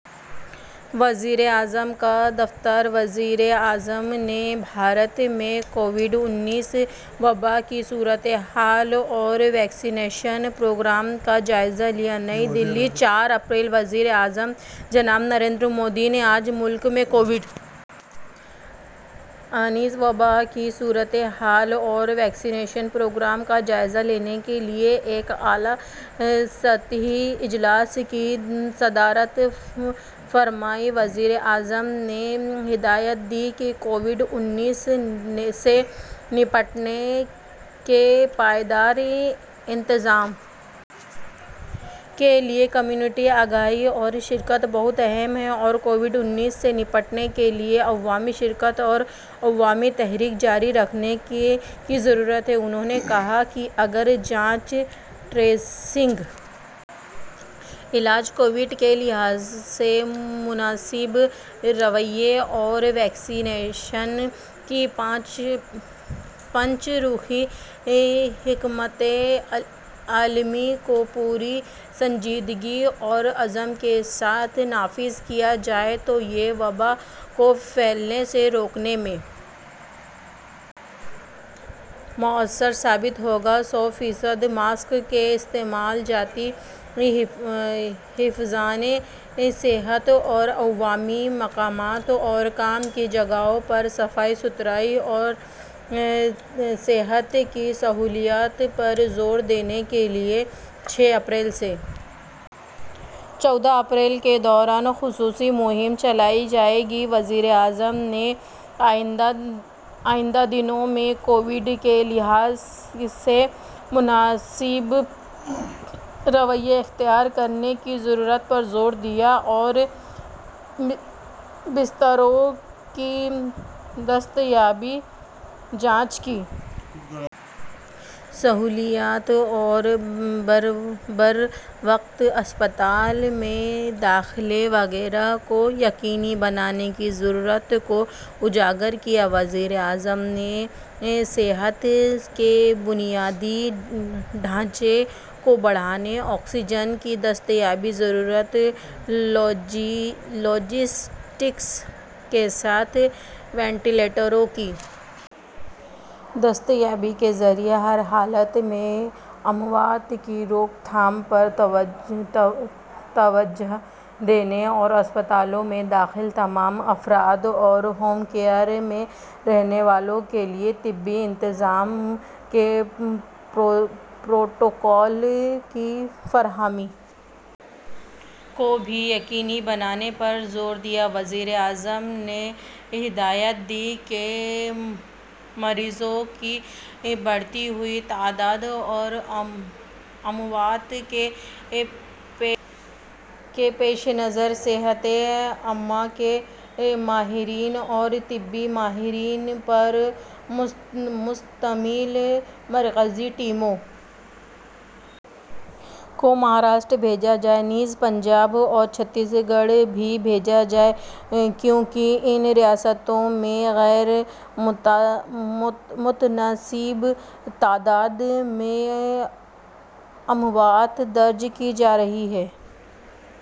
وزیراعظم کا دفتر وزیراعظم نے بھارت میں کووڈ انیس وبا کی صورت حال اور ویکسی نیشن پروگرام کا جائزہ لیا نئی دہلی چار اپریل وزیراعظم جناب نریندر مودی نے آج ملک میں کووڈ انیس وبا کی صورت حال اور ویکسی نیشن پروگرام کا جائزہ لینے کے لیے ایک اعلیٰ سطحی اجلاس کی صدارت فرمائی وزیراعظم نے ہدایت دی کہ کووڈ انیس سے نمٹنے کے پائیدار انتظام کے لیے کمیونٹی آگاہی اور شرکت بہت اہم ہے اور کووڈ انیس سے نمٹنے کے لیے عوامی شرکت اور عوامی تحریک جاری رکھنے کی ضرورت ہے انہوں نے کہا کہ اگر جانچ ٹریسنگ علاج کووڈ کے لحاظ سے مناسب رویے اور ویکسی نیشن کی پنج رخی حکمت عملی کو پوری سنجیدگی اور عزم کے ساتھ نافذ کیا جائے تو یہ وبا کو پھیلنے سے روکنے میں مؤثر ثابت ہوگا سو فیصد ماسک کے استعمال ذاتی حفظان صحت اور عوامی مقامات اور کام کی جگہوں پر صفائی ستھرائی اور صحت کی سہولیات پر زور دینے کے لیے چھ اپریل سے چودہ اپریل کے دوران خصوصی مہم چلائی جائے گی وزیراعظم نے آئندہ دنوں میں کووڈ کے لحاظ سے مناسب رویے اختیار کرنے کی ضرورت پر زور دیا اور بستروں کی دستیابی جانچ کی سہولیات اور بروقت اسپتال میں داخلے وغیرہ کو یقینی بنانے کی ضرورت کو اجاگر کیا وزیراعظم نے صحت کے بنیادی ڈھانچے کو بڑھانے آکسیجن کی دستیابی ضروری لاجسٹکس کے ساتھ وینٹی لیٹروں کی دستیابی کے ذریعے ہر حالت میں اموات کی روک تھام پر توجہ دینے اور اسپتالوں میں داخل تمام افراد اور ہوم کیئر میں رہنے والوں کے لیے طبی انتظام کے پروٹوکول کی فراہمی کو بھی یقینی بنانے پر زور دیا وزیراعظم نے ہدایت دی کہ مریضوں کی بڑھتی ہوئی تعداد اور اموات کے پیش نظر صحت عامہ کے ماہرین اور طبی ماہرین پر مشتمل مرکزی ٹیموں کو مہاراشٹر بھیجا جائے نیز پنجاب اور چھتیس گڑھ بھی بھیجا جائے کیونکہ ان ریاستوں میں غیر متناسب تعداد میں اموات درج کی جا رہی ہیں